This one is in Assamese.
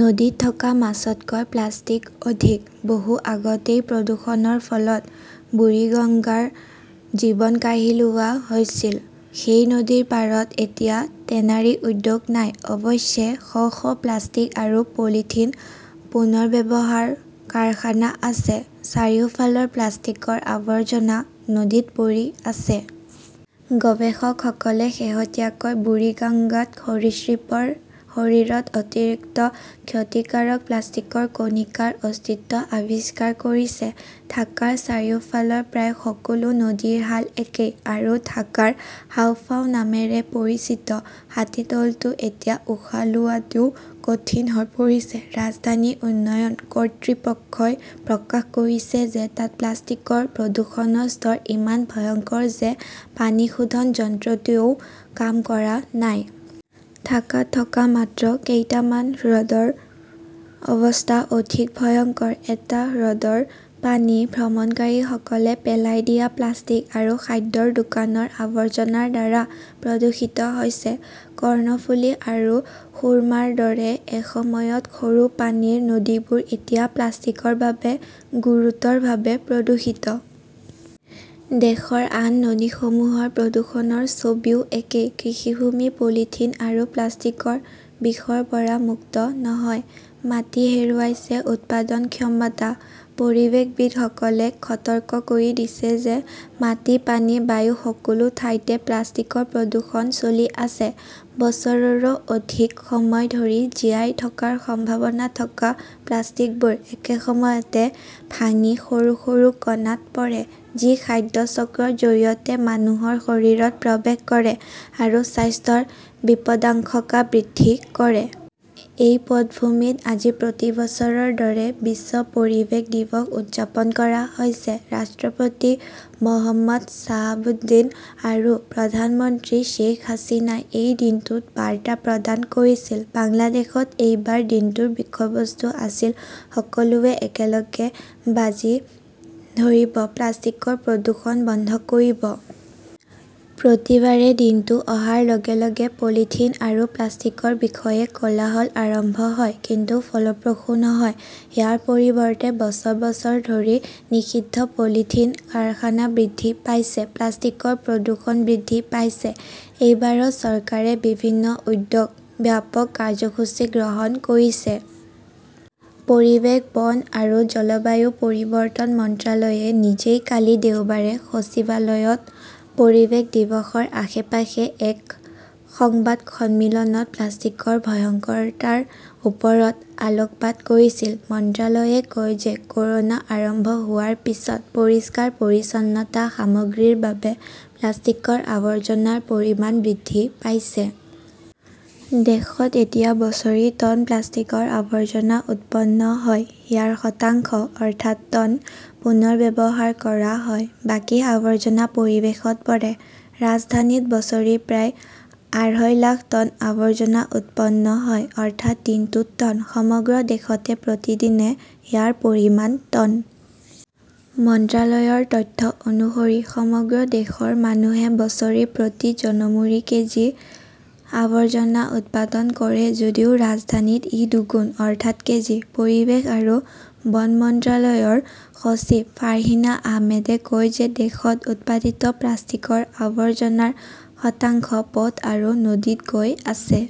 নদীত থকা মাছতকৈ প্লাষ্টিক অধিক। বহু আগতেই প্ৰদূষণৰ ফলত বুৰিগঙ্গাৰ জীৱন কাঢ়ি লোৱা হৈছিল। সেই নদীৰ পাৰত এতিয়া টেনাৰী উদ্যোগ নাই। অৱশ্যে, শ শ প্লাষ্টিক আৰু পলিথিন পুনৰ্ব্যৱহাৰ কাৰখানা আছে। চাৰিওফালৰ প্লাষ্টিকৰ আৱৰ্জনা নদীত পৰি আছে। গৱেষকসকলে শেহতীয়াকৈ বুৰিগাংগাত সৰীসৃপৰ শৰীৰত অতিৰিক্ত ক্ষতিকাৰক প্লাষ্টিকৰ কণিকাৰ অস্তিত্ব আৱিষ্কাৰ কৰিছে। ঢাকাৰ চাৰিওফালৰ প্ৰায় সকলো নদীৰ হাল একেই। আৰু ঢাকাৰ 'হাঁওফাঁও নামেৰে পৰিচিত হাতীদলতো এতিয়া উশাহ লোৱাটোও কঠিন হৈ পৰিছে। ৰাজধানী উন্নয়ন কৰ্তৃপক্ষই প্ৰকাশ কৰিছে যে তাত প্লাষ্টিকৰ প্ৰদূষণৰ স্তৰ ইমান ভয়ংকৰ যে পানী শোধন যন্ত্ৰটোৱেও কাম কৰা নাই। ঢাকাত থকা মাত্ৰ কেইটামান হ্ৰদৰ অৱস্থা অধিক ভয়ংকৰ। এই হ্ৰদৰ পানী ভ্ৰমণকাৰীসকলে পেলাই দিয়া প্লাষ্টিক আৰু খাদ্যৰ দোকানৰ আৱৰ্জনাৰ দ্বাৰা প্ৰদূষিত হৈছে। কৰ্ণফুলি আৰু সুৰমাৰ দৰে এসময়ত সৰু পানীৰ নদীবোৰ এতিয়া প্লাষ্টিকৰ বাবে গুৰুতৰভাৱে প্ৰদূষিত। দেশৰ আন নদীসমূহৰ প্ৰদূষণৰ ছবিও একেই। কৃষিভূমি পলিথিন আৰু প্লাষ্টিকৰ বিষৰ পৰা মুক্ত নহয়। মাটি হেৰুৱাইছে উৎপাদন ক্ষমতা। পৰিৱেশবিদসকলে সতৰ্ক কৰি দিছে যে মাটি, পানী, বায়ু-সকলো ঠাইতে প্লাষ্টিকৰ প্ৰদূষণ চলি আছে। বছৰৰো অধিক সময় ধৰি জীয়াই থকাৰ সম্ভাৱনা থকা প্লাষ্টিকবোৰ একে সময়তে ভাঙি সৰু সৰু কণাত পৰে, যি খাদ্য চক্ৰৰ জৰিয়তে মানুহৰ শৰীৰত প্ৰৱেশ কৰে আৰু স্বাস্থ্যৰ বিপদাশংকা বৃদ্ধি কৰে। এই পটভূমিত আজি প্ৰতি বছৰৰ দৰে বিশ্ব পৰিৱেশ দিৱস উদযাপন কৰা হৈছে। ৰাষ্ট্ৰপতি মহম্মদ শ্বাহাবুদ্দিন আৰু প্ৰধানমন্ত্ৰী শ্বেইখ হাছিনাই এই দিনটোত বাৰ্তা প্ৰদান কৰিছিল। বাংলাদেশত এইবাৰ দিনটোৰ বিষয়বস্তু আছিল সকলোৱে একেলগে বাজি ধৰিব, প্লাষ্টিকৰ প্ৰদূষণ বন্ধ কৰিব। প্ৰতিবাৰে দিনটো অহাৰ লগে লগে পলিথিন আৰু প্লাষ্টিকৰ বিষয়ে কোলাহল আৰম্ভ হয়। কিন্তু ফলপ্ৰসূ নহয়। ইয়াৰ পৰিৱৰ্তে বছৰ বছৰ ধৰি নিষিদ্ধ পলিথিন কাৰখানা বৃদ্ধি পাইছে, প্লাষ্টিকৰ প্ৰদূষণ বৃদ্ধি পাইছে। এইবাৰো চৰকাৰে বিভিন্ন উদ্যোগ, ব্যাপক কাৰ্যসূচী গ্ৰহণ কৰিছে। পৰিৱেশ, বন আৰু জলবায়ু পৰিৱৰ্তন মন্ত্ৰালয়ে নিজেই কালি দেওবাৰে সচিবালয়ত পৰিৱেশ দিৱসৰ আশে-পাশে এক সংবাদ সন্মিলনত প্লাষ্টিকৰ ভয়ংকৰতাৰ ওপৰত আলোকপাত কৰিছিল। মন্ত্ৰালয়ে কয় যে ক’ৰোনা আৰম্ভ হোৱাৰ পিছত পৰিষ্কাৰ-পৰিচ্ছন্নতা সামগ্ৰীৰ বাবে প্লাষ্টিকৰ আৱৰ্জনাৰ পৰিমাণ বৃদ্ধি পাইছে। দেশত এতিয়া বছৰি টন প্লাষ্টিকৰ আৱৰ্জনা উৎপন্ন হয়। ইয়াৰ শতাংশ, অৰ্থাৎ, টন, পুনৰ্ব্যৱহাৰ কৰা হয়। বাকী আৱৰ্জনা পৰিৱেশত পৰে। ৰাজধানীত বছৰি প্ৰায় আঢ়ৈ লাখ টন আৱৰ্জনা উৎপন্ন হয়, অৰ্থাৎ দিনটোত টন। সমগ্ৰ দেশতে প্ৰতিদিনে ইয়াৰ পৰিমাণ, টন। মন্ত্ৰালয়ৰ তথ্য অনুসৰি সমগ্ৰ দেশৰ মানুহে বছৰি প্ৰতি জনমূৰি কেজি আৱৰ্জনা উৎপাদন কৰে যদিও ৰাজধানীত ই দুগুণ, অৰ্থাৎ কেজি। পৰিৱেশ আৰু বন মন্ত্ৰালয়ৰ সচিব ফাৰ্হিনা আহমেদে কয় যে দেশত উৎপাদিত প্লাষ্টিকৰ আৱৰ্জনাৰ শতাংশ পথ আৰু নদীত গৈ আছে।